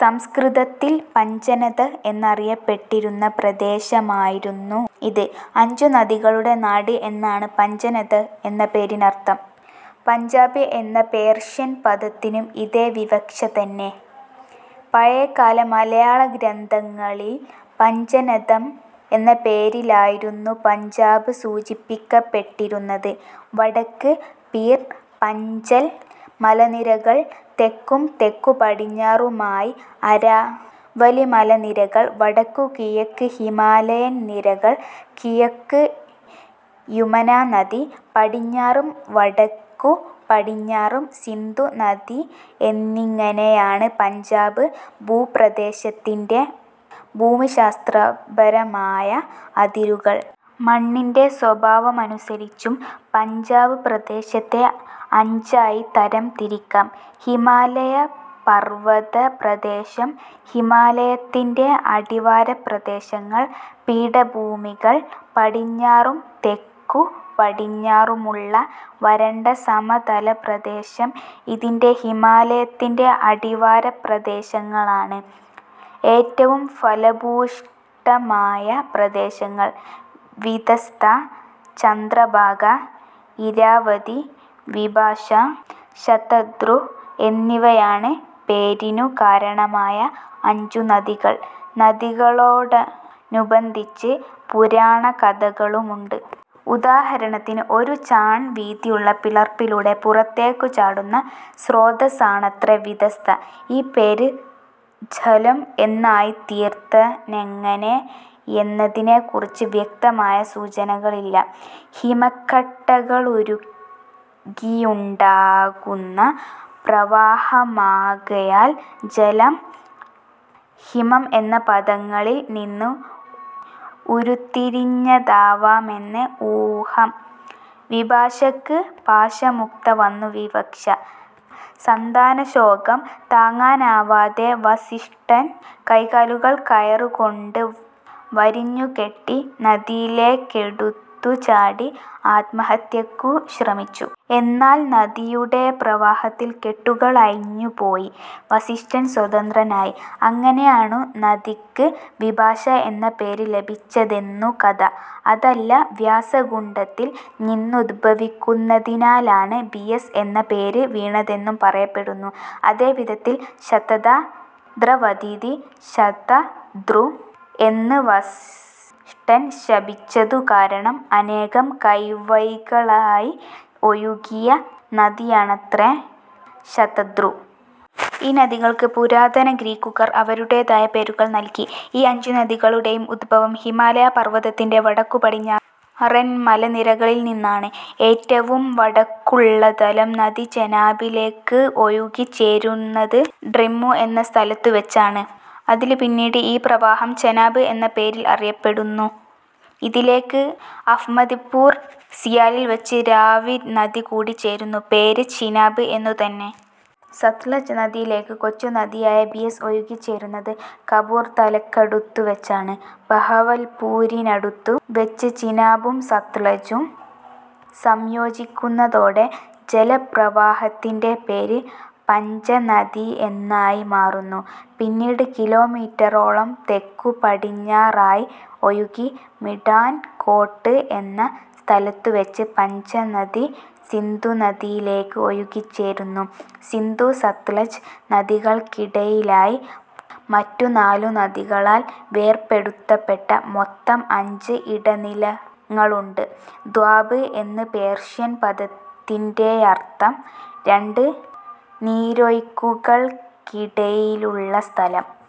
സംസ്കൃതത്തിൽ പഞ്ചനദഃ എന്നറിയപ്പെട്ടിരുന്ന പ്രദേശമായിരുന്നു ഇത്. അഞ്ചു നദികളുടെ നാട് എന്നാണ് പഞ്ചനദഃ എന്ന പേരിനർഥം. പഞ്ചാബ് എന്ന പേർഷ്യൻ പദത്തിനും ഇതേ വിവക്ഷ തന്നെ. പഴയകാല മലയാള ഗ്രന്ഥങ്ങളിൽ പഞ്ചനദം എന്നപേരിലായിരുന്നു പഞ്ചാബ് സൂചിപ്പിക്കപ്പെട്ടിരുന്നത്. വടക്ക് പീർ-പഞ്ചൽ മലനിരകൾ, തെക്കും തെക്കു പടിഞ്ഞാറുമായി അരാവലി മലനിരകൾ, വടക്കുകിഴക്ക് ഹിമാലയൻ നിരകൾ, കിഴക്ക് യുമനാനദി പടിഞ്ഞാറും വടക്കു പടിഞ്ഞാറും സിന്ധു നദി എന്നിങ്ങനെയാണ് പഞ്ചാബ് ഭൂപ്രദേശത്തിന്റെ ഭൂമിശാസ്ത്രപരമായ അതിരുകൾ.,. മണ്ണിന്റെ സ്വഭാവമനുസരിച്ചും പഞ്ചാബ് പ്രദേശത്തെ അഞ്ചായി തരംതിരിക്കാം. ഹിമാലയ പർവതപ്രദേശം, ഹിമാലയത്തിന്റെ അടിവാരപ്രദേശങ്ങൾ, പീഠഭൂമികൾ, പടിഞ്ഞാറും തെക്കു പടിഞ്ഞാറുമുള്ള വരണ്ട സമതല പ്രദേശം. ഇതിൽ ഹിമാലയത്തിന്റെ അടിവാരപ്രദേശങ്ങളാണ് ഏറ്റവും ഫലഭൂയിഷ്ഠമായ പ്രദേശങ്ങൾ. വിതസ്താ, ചന്ദ്രഭാഗാ, ഇരാവതീ, വിപാശാ, ശതദ്രുഃ എന്നിവയാണ് പേരിനു കാരണമായ അഞ്ചുനദികൾ. നദികളോടനുബന്ധിച്ച് പുരാണകഥകളുമുണ്ട്. ഉദാഹരണത്തിന് ഒരു ചാൺ വീതിയുള്ള പിളർപ്പിലൂടെ പുറത്തേക്കു ചാടുന്ന സ്രോതസ്സാണത്രെ വിതസ്ത. ഈ പേര് ഝലം എന്നായിത്തീർത്തനെങ്ങനെയെന്നതിനെക്കുറിച്ച് വ്യക്തമായ സൂചനകളില്ല. ഹിമക്കട്ടകളുരുകിയുണ്ടാകുന്ന പ്രവാഹമാകയാൽ ജലം, ഹിമം എന്ന പദങ്ങളിൽ നിന്ന് ഉരുത്തിരിഞ്ഞതാവാമെന്ന് ഊഹം. വിപാശക്ക് പാശമുക്ത എന്നു വിവക്ഷ. സന്താനശോകം താങ്ങാനാവാതെ വസിഷ്ഠൻ കൈകാലുകൾ കയറു കൊണ്ട് വരിഞ്ഞുകെട്ടി നദിയിലേക്കെടുത്തു ചാടി ആത്മഹത്യക്കു ശ്രമിച്ചു. എന്നാൽ നദിയുടെ പ്രവാഹത്തിൽ കെട്ടുകളഴിഞ്ഞു പോയി, വസിഷ്ഠൻ സ്വതന്ത്രനായി. അങ്ങനെയാണ് നദിക്കു വിപാശാ എന്ന പേര് ലഭിച്ചതെന്നു കഥ. അതല്ല വ്യാസകുണ്ഡത്തിൽ നിന്നുദ്ഭവിക്കുന്നതിനാലാണ് ബിയസ് എന്ന പേരു വീണതെന്നും പറയപ്പെടുന്നു. അതേവിധത്തിൽ ശതദാ ദ്രവതീതി ശതദ്രുഃ എന്ന് വസ്ഷ്ഠൻ ശപിച്ചതു കാരണം അനേകം കൈവഴികളായി ഒഴുകിയ നദിയാണത്രെ ശതദ്രു. ഈ നദികൾക്ക് പുരാതന ഗ്രീക്കുകാർ അവരുടേതായ പേരുകളും നല്കി. ഈ അഞ്ചു നദികളുടേയും ഉദ്ഭവം ഹിമാലയ പർവതത്തിന്റെ വടക്കുപടിഞ്ഞാറൻ മലനിരകളിൽ നിന്നാണ്. ഏറ്റവും വടക്കുള്ള ഝലം നദി ചെനാബിലേക്ക് ഒഴുകുച്ചേരുന്നത് ട്രിമ്മു എന്ന സ്ഥലത്തുവെച്ചാണ്. അതില്പിന്നീട് ഈ പ്രവാഹം ചെനാബ് എന്ന പേരിൽ അറിയപ്പെടുന്നു. ഇതിലേക്ക് അഹ്മദിപൂർ സിയാലിൽ വെച്ച് രാവി നദി കൂടിച്ചേരുന്നു, പേര് ചിനാബ് എന്നു തന്നെ. സത്ലജ് നദിയിലേക്ക് കൊച്ചു നദിയായ ബിയസ് ഒഴുകിച്ചേരുന്നത് കപൂർതലക്കടുത്തു വെച്ചാണ്. ബഹവൽപൂരിനടുത്തു വെച്ച് ചിനാബും സത്ലജും സംയോജിക്കുന്നതോടെ ജലപ്രവാഹത്തിന്റെ പേര് പഞ്ചനദിഎന്നായി മാറുന്നു. പിന്നീട് കിലോമീറ്ററോളം തെക്കു പടിഞ്ഞാറായി ഒഴുകി മിഠാൻകോട്ട് എന്ന സ്ഥലത്തുവെച്ച് പഞ്ചനദി, സിന്ധുനദിയിലേക്ക് ഒഴുകിച്ചേരുന്നു. സിന്ധു-സത്ലജ് നദികൾക്കിടയിലായി മറ്റു നാലുനദികളാൽ വേർപെടുത്തപ്പെട്ട മൊത്തം അഞ്ച് ഇടനിലങ്ങളുണ്ട്. ദ്വാബ് എന്ന പേർഷ്യൻ പദത്തിന്റെയർഥം രണ്ട് നീരൊഴുക്കുകൾക്കിടയിലുള്ള സ്ഥലം